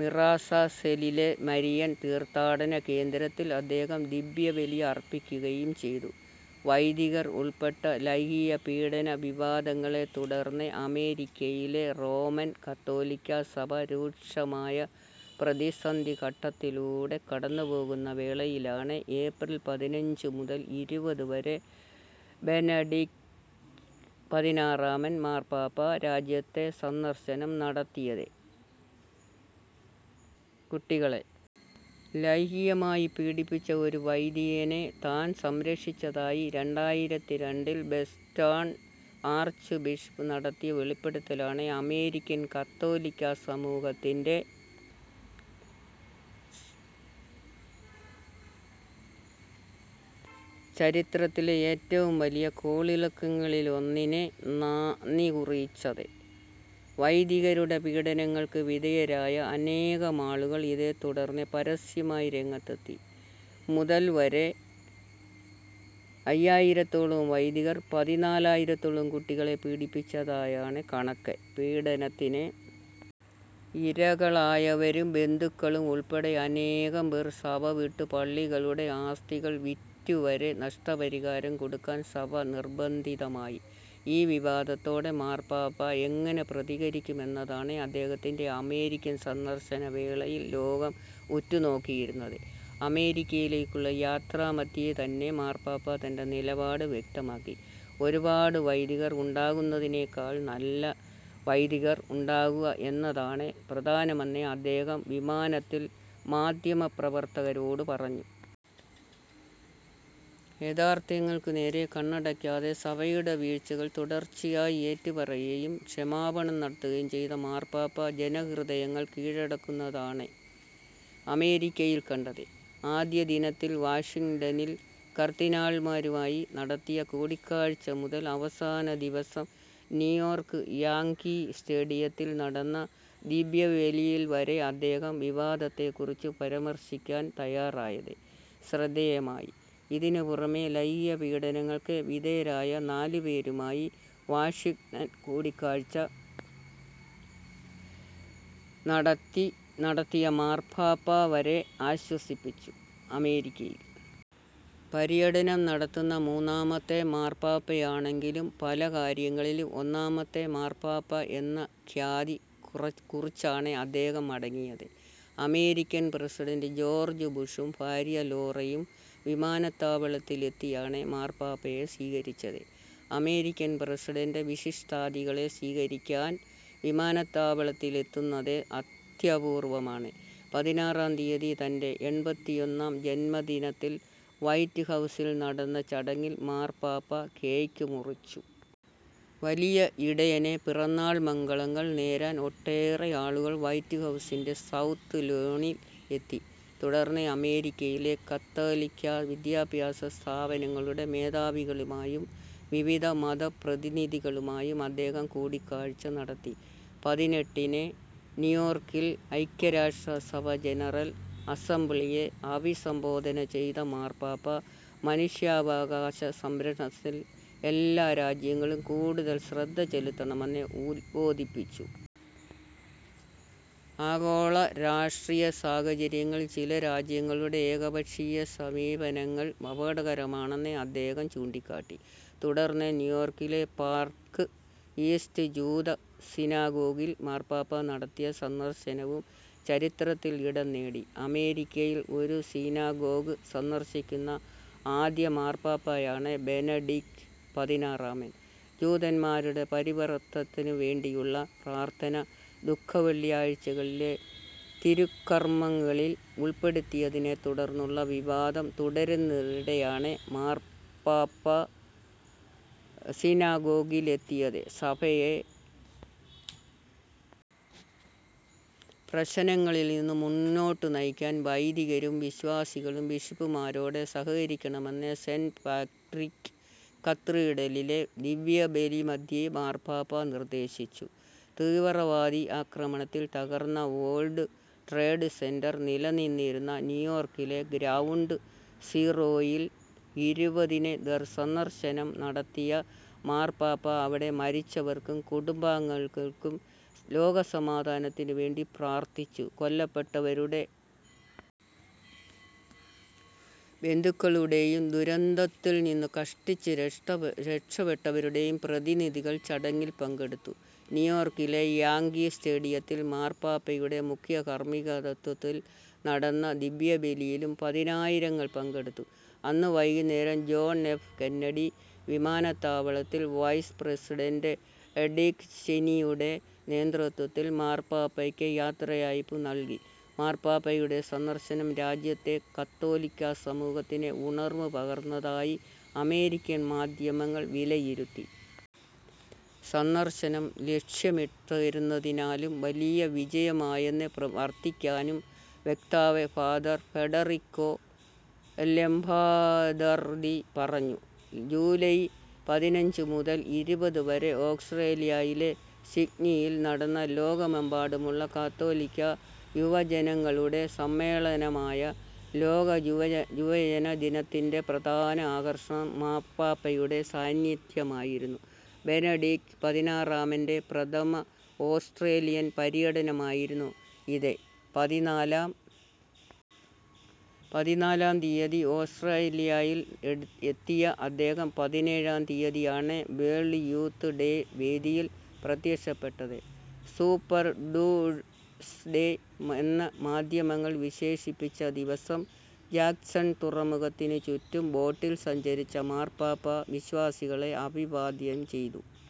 മിറാസസെലിലെ Marian തീർത്ഥാടന കേന്ദ്രത്തിൽ അദ്ദേഹം ദിവ്യബലി അർപ്പിക്കുകയും ചെയ്തു. വൈദികർ ഉൾപ്പെട്ട ലൈംഗിക പീഡന വിവാദങ്ങളെ തുടർന്ന് അമേരിക്കയിലെ റോമൻ കത്തോലിക്കാ സഭ രൂക്ഷമായ പ്രതിസന്ധിഘട്ടത്തിലൂടെ കടന്നുപോകുന്ന വേളയിലാണ് ഏപ്രിൽ പതിനഞ്ച് മുതൽ ഇരുപത് വരെ ബെനഡിക്ട് പതിനാറാമൻ മാർപ്പാപ്പ രാജ്യത്ത് സന്ദർശനം നടത്തിയത്. കുട്ടികളെ ലൈംഗികമായി പീഡിപ്പിച്ച ഒരു വൈദികനെ താൻ സംരക്ഷിച്ചതായി രണ്ടായിരത്തി രണ്ടിൽ ബെസ്റ്റേൺ ആർച്ച് ബിഷപ്പ്‌ നടത്തിയ വെളിപ്പെടുത്തലാണ് അമേരിക്കൻ കത്തോലിക്കാ സമൂഹത്തിൻ്റെ ചരിത്രത്തിലെ ഏറ്റവും വലിയ കോളിളക്കങ്ങളിലൊന്നിന് നാന്ദി കുറിച്ചത്. വൈദികരുടെ പീഡനങ്ങൾക്ക് വിധേയരായ അനേകമാളുകൾ ഇതേ തുടർന്ന് പരസ്യമായി രംഗത്തെത്തി. മുതൽ വരെ അയ്യായിരത്തോളം വൈദികർ പതിനാലായിരത്തോളം കുട്ടികളെ പീഡിപ്പിച്ചതായാണ് കണക്ക്. പീഡനത്തിന് ഇരകളായവരും ബന്ധുക്കളും ഉൾപ്പെടെ അനേകം പേർ സഭ വിട്ടു. പള്ളികളുടെ ആസ്തികൾ വിറ്റുവരെ നഷ്ടപരിഹാരം കൊടുക്കാൻ സഭ നിർബന്ധിതമായി. ഈ വിവാദത്തോട് മാർപ്പാപ്പ എങ്ങനെ പ്രതികരിക്കും എന്നതാണ് അദ്ദേഹത്തിൻ്റെ അമേരിക്കൻ സന്ദർശന വേളയിൽ ലോകം ഉറ്റുനോക്കിയിരുന്നത്. അമേരിക്കയിലേക്കുള്ള യാത്രാമധ്യേതന്നെ മാർപ്പാപ്പ തൻ്റെ നിലപാട് വ്യക്തമാക്കി. ഒരുപാട് വൈദികർ ഉണ്ടാകുന്നതിനേക്കാൾ നല്ല വൈദികർ ഉണ്ടാകുക എന്നതാണ് പ്രധാനമെന്ന് അദ്ദേഹം വിമാനത്തിൽ മാധ്യമപ്രവർത്തകരോടു പറഞ്ഞു. യഥാർഥ്യങ്ങൾക്കു നേരെ കണ്ണടയ്ക്കാതെ സഭയുടെ വീഴ്ചകൾ തുടർച്ചയായി ഏറ്റുപറയുകയും ക്ഷമാപണം നടത്തുകയും ചെയ്ത മാർപ്പാപ്പ ജനഹൃദയങ്ങൾ കീഴടക്കുന്നതാണ് അമേരിക്കയിൽ കണ്ടത്. ആദ്യദിനത്തിൽ വാഷിങ്ടണിൽ കർദ്ദിനാൾമാരുമായി നടത്തിയ കൂടിക്കാഴ്ച മുതൽ അവസാന ദിവസം ന്യൂയോർക്ക് യാങ്കി സ്റ്റേഡിയത്തിൽ നടന്ന ദിവ്യബലിയിൽവരെ അദ്ദേഹം വിവാദത്തെക്കുറിച്ച് പരമർശിക്കാൻ തയ്യാറായത് ശ്രദ്ധേയമായി. ഇതിനു പുറമെ ലൈംഗിക പീഡനങ്ങൾക്ക് വിധേയരായ നാലുപേരുമായി വാഷിങ് കൂടിക്കാഴ്ച നടത്തി നടത്തിയ മാർപ്പാപ്പ വരെ ആശ്വസിപ്പിച്ചു. അമേരിക്കയിൽ പര്യടനം നടത്തുന്ന മൂന്നാമത്തെ മാർപ്പാപ്പയാണെങ്കിലും പല കാര്യങ്ങളിലും ഒന്നാമത്തെ മാർപ്പാപ്പ എന്ന ഖ്യാതി കുറ കുറിച്ചാണ് അദ്ദേഹം മടങ്ങിയത്. അമേരിക്കൻ പ്രസിഡന്റ് ജോർജ് ബുഷും ഭാര്യ ലോറയും വിമാനത്താവളത്തിലെത്തിയാണ് മാർപ്പാപ്പയെ സ്വീകരിച്ചത്. അമേരിക്കൻ പ്രസിഡന്റ് വിശിഷ്ടാഥികളെ സ്വീകരിക്കാൻ വിമാനത്താവളത്തിലെത്തുന്നത് അത്യപൂർവമാണ്. പതിനാറാം തീയതി തൻ്റെ എൺപത്തിയൊന്നാം ജന്മദിനത്തിൽ വൈറ്റ് ഹൗസിൽ നടന്ന ചടങ്ങിൽ മാർപ്പാപ്പ കേക്ക് മുറിച്ചു. വലിയ ഇടയന് പിറന്നാൾ മംഗളങ്ങൾ നേരാൻ ഒട്ടേറെ ആളുകൾ വൈറ്റ് ഹൗസിൻ്റെ സൗത്ത് ലോണിൽ എത്തി. തുടർന്ന് അമേരിക്കയിലെ കത്തോലിക്കാ വിദ്യാഭ്യാസ സ്ഥാപനങ്ങളുടെ മേധാവികളുമായും വിവിധ മതപ്രതിനിധികളുമായും അദ്ദേഹം കൂടിക്കാഴ്ച നടത്തി. പതിനെട്ടിന് ന്യൂയോർക്കിൽ ഐക്യരാഷ്ട്രസഭാ ജനറൽ അസംബ്ലിയെ അഭിസംബോധന ചെയ്ത മാർപ്പാപ്പ മനുഷ്യാവകാശ സംരക്ഷണത്തിൽ എല്ലാ രാജ്യങ്ങളും കൂടുതൽ ശ്രദ്ധ ചെലുത്തണമെന്ന് ഉദ്ബോധിപ്പിച്ചു. ആഗോള രാഷ്ട്രീയ സാഹചര്യങ്ങളിൽ ചില രാജ്യങ്ങളുടെ ഏകപക്ഷീയ സമീപനങ്ങൾ അപകടകരമാണെന്ന് അദ്ദേഹം ചൂണ്ടിക്കാട്ടി. തുടർന്ന് ന്യൂയോർക്കിലെ പാർക്ക് ഈസ്റ്റ് ജൂത സിനഗോഗിൽ മാർപ്പാപ്പ നടത്തിയ സന്ദർശനവും ചരിത്രത്തിൽ ഇടം നേടി. അമേരിക്കയിൽ ഒരു സിനഗോഗ് സന്ദർശിക്കുന്ന ആദ്യ മാർപ്പാപ്പയാണ് ബെനഡിക്ട് പതിനാറാമൻ. ജൂതന്മാരുടെ പരിവർത്തത്തിനുവേണ്ടിയുള്ള പ്രാർഥന ദുഃഖവെള്ളിയാഴ്ചകളിലെ തിരുക്കർമങ്ങളിൽ ഉൾപ്പെടുത്തിയതിനെ തുടർന്നുള്ള വിവാദം തുടരുന്നതിനിടെയാണ് മാർപ്പാപ്പ സിനഗോഗിലെത്തിയത്. സഭയെ പ്രശനങ്ങളിൽനിന്ന് മുന്നോട്ടു നയിക്കാൻ വൈദികരും വിശ്വാസികളും ബിഷപ്പുമാരോട് സഹകരിക്കണമെന്ന് സെന്റ് പാട്രിക് കത്രീഡലിലെ ദിവ്യബലിമധ്യേ മാർപ്പാപ്പ നിർദ്ദേശിച്ചു. തീവ്രവാദി ആക്രമണത്തിൽ തകർന്ന വേൾഡ് ട്രേഡ് സെന്റർ നിലനിന്നിരുന്ന ന്യൂയോർക്കിലെ ഗ്രൗണ്ട് സീറോയിൽ ഇരുപതിന് ദർ സന്ദർശനം നടത്തിയ മാർപ്പാപ്പ അവിടെ മരിച്ചവർക്കും കുടുംബാംഗൾകൾക്കും ലോകസമാധാനത്തിനു വേണ്ടി പ്രാർഥിച്ചു. കൊല്ലപ്പെട്ടവരുടെ ബന്ധുക്കളുടെയും ദുരന്തത്തിൽനിന്ന് കഷ്ടിച്ച് രഷ്ട രക്ഷപെട്ടവരുടെയും പ്രതിനിധികൾ ചടങ്ങിൽ പങ്കെടുത്തു. ന്യൂയോർക്കിലെ യാങ്കി സ്റ്റേഡിയത്തിൽ മാർപ്പാപ്പയുടെ മുഖ്യകർമികതത്വത്തിൽ നടന്ന ദിവ്യബലിയിലും പതിനായിരങ്ങൾ പങ്കെടുത്തു. അന്നു വൈകുന്നേരം ജോൺ എഫ് കെന്നഡി വിമാനത്താവളത്തിൽ വൈസ് പ്രസിഡന്റ് ഡിക് ചെനിയുടെ നേതൃത്വത്തിൽ മാർപ്പാപ്പയ്ക്ക് യാത്രയയപ്പ് നൽകി. മാർപ്പാപ്പയുടെ സന്ദർശനം രാജ്യത്തെ കത്തോലിക്കാ സമൂഹത്തിന് ഉണർവ് പകർന്നതായി അമേരിക്കൻ മാധ്യമങ്ങൾ വിലയിരുത്തി. സന്ദർശനം ലക്ഷ്യമിട്ട്ഇരുന്നതിനാലും വലിയ വിജയമായെന്ന് പ്ര വർത്തിക്കാനും വക്താവ് ഫാ. ഫെഡറിക്കോ ലംബാദർദി പറഞ്ഞു. ജൂലൈ പതിനഞ്ച് മുതൽ ഇരുപത് വരെ ഓസ്ട്രേലിയയിലെ സിഡ്നിയിൽ നടന്ന ലോകമെമ്പാടുമുള്ള കാത്തോലിക്കാ യുവജനങ്ങളുടെ സമ്മേളനമായ ലോക യുവജ യുവജനദിനത്തിൻ്റെ പ്രധാന ആകർഷണം മാർപ്പാപ്പയുടെ സാന്നിധ്യമായിരുന്നു. ബെനഡിക്ട് പതിനാറാമൻ്റെ പ്രഥമ ഓസ്ട്രേലിയൻ പര്യടനമായിരുന്നു ഇത്. പതിനാലാം പതിനാലാം തീയതി ഓസ്ട്രേലിയായിൽ എട് എത്തിയ അദ്ദേഹം പതിനേഴാം തീയതിയാണ് വേൾഡ് യൂത്ത് ഡേ വേദിയിൽ പ്രത്യക്ഷപ്പെട്ടത്. സൂപ്പർ ട്യൂസ്ഡേ എന്ന് മാധ്യമങ്ങൾ വിശേഷിപ്പിച്ച ദിവസം ജാക്സൺ തുറമുഖത്തിനു ചുറ്റും ബോട്ടിൽ സഞ്ചരിച്ച മാർപ്പാപ്പ വിശ്വാസികളെ അഭിവാദ്യം ചെയ്തു.